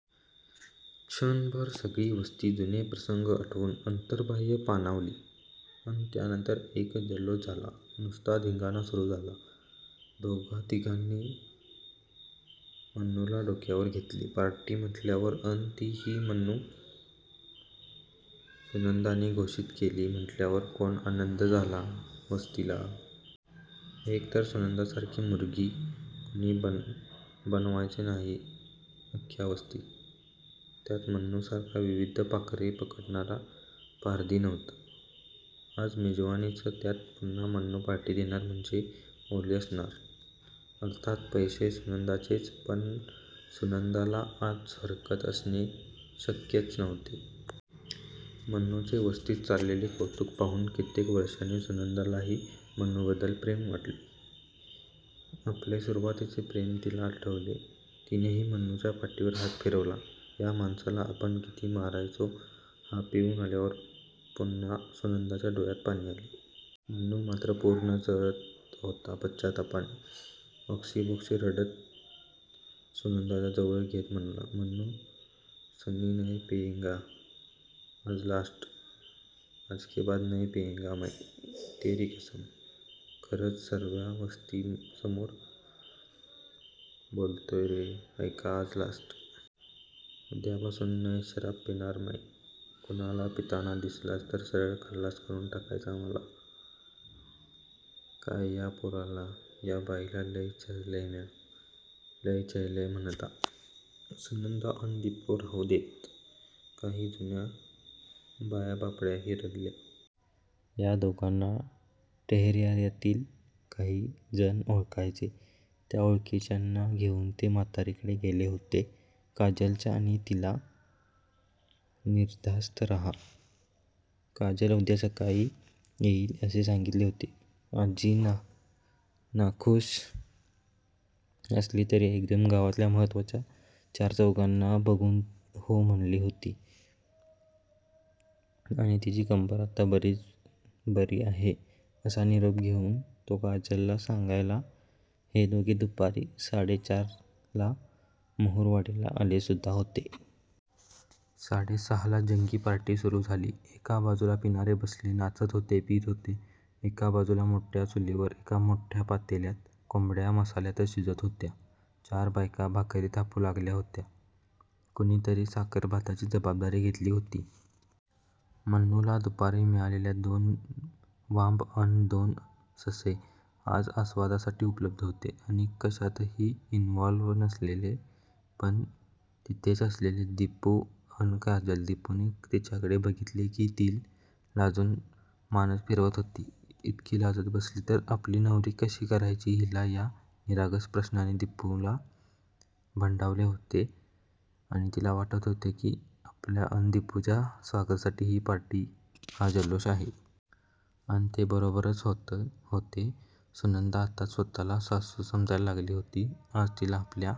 क्षणभर सगळी वस्ती जुने प्रसंग आठवून अंतर्बाह्य पाणावली. अन त्यानंतर एकच जल्लोष झाला. नुसता धिंगाणा सुरू झाला. दोघातिघांनी मन्नूला डोक्यावर घेतले. पार्टी म्हंटल्यावर अन तीही मन्नू, सुनंदाने घोषित केली म्हंटल्यावर कोण आनंद झाला वस्तीला. एकतर सुनंदासारखी मुर्गी कुणी बनवायचे नाही अख्ख्या वस्तीत! त्यात मन्नूसारखा विविध पाखरे पकडणारा पारधी नव्हता. आज मेजवानीच! त्यात पुन्हा मन्नू पार्टी देणार म्हणजे ओली असणार! अर्थात, पैसे सुनंदाचेच! पण सुनंदाला आज हरकत असणे शक्यच नव्हते. मन्नूचे वस्तीत चाललेले कौतूक पाहून कित्येक वर्षांनी सुनंदालाही मन्नूबद्दल प्रेम वाटले. आपले सुरुवातीचे प्रेम तिला आठवले. तिनेही मन्नूच्या पाठीवरून हात फिरवला. या माणसाला आपण किती मारायचो हा पिऊन आल्यावर! पुन्हा सुनंदाच्या डोळ्यात पाणी आले. मन्नू मात्र पूर्ण जळत होता पश्चात्तापाने. ओक्साबोक्शी रडत सुनंदाला जवळ घेत म्हणाला. मन्नू सुनी नय पियेंगा. आज लास्ट. आजके बाद नय पियेंगा मय. तेरी कसम. खरच. सर्व्या वस्तीसमोर बोलतोय रे. ऐका. आज लास्ट. उद्यापासून नय शराब पिणार मय. कुनाला पिताना दिसलोच तर सरळ खल्लास करून टाकायचा मला काय या पोराला, या बाईला लय लय छळलं म्या. 'लय छळलं' म्हणता सुनंदा अन दिपू राहूदेत. काही जुन्या बायाबापड्याही रडल्या. या दोघांना टहेर्यातील काही जण ओळखायचे. त्या ओळखीच्यांना घेऊन ते म्हातारीकडे गेले होते काजलच्या आणि तिला निर्धास्त रहा, काजल उद्या सकाळी येईल असे सांगीतले होते. आजी नाखुष असली तरी एकदम गावातल्या महत्वाच्या चारचौघांना बघून हो म्हणाली होती आणि तिची कंबर आता बरीच बरी आहे असा निरोप घेऊन तो काजलला सांगायला हे दोघे दुपारी साडे चारला महुरवाडीला आले सुद्धा होते. साडे सहालाच जंगी पार्टी सुरू झाली. एका बाजूला पिणारे बसले होते. नाचत होते. पीत होते. एका बाजूला मोठ्या चुलीवर एका मोठ्या पातेल्यात कोंबड्या मसाल्यातच शिजत होत्या. चार बायका भाकरी थापू लागल्या होत्या. कुणीतरी साखरभाताची जबाबदारी घेतली होती. मन्नूला दुपारी मिळालेल्या दोन वांब अन दोन ससे आज आस्वादासाठी उपलब्ध होते आणि कशातही इन्व्हॉल्व्ह नसलेले पण तिथेच असलेले दिपू अन काजल, दिपूने तिच्याकडे बघितले की ती लाजून मानच फिरवत होती. इतकी लाजत बसली तर आपली नवरी कशी करायची हिला या निरागस प्रश्नाने दिपूला भंडावले होते आणि तिला वाटत होते की आपल्या अन दिपूच्या स्वागतासाठी ही पार्टी, हा जल्लोष आहे. अन ते बरोबरच होते. सुनंदा आत्ताच स्वतःला सासू समजायला लागली होती. आज तिला आपल्या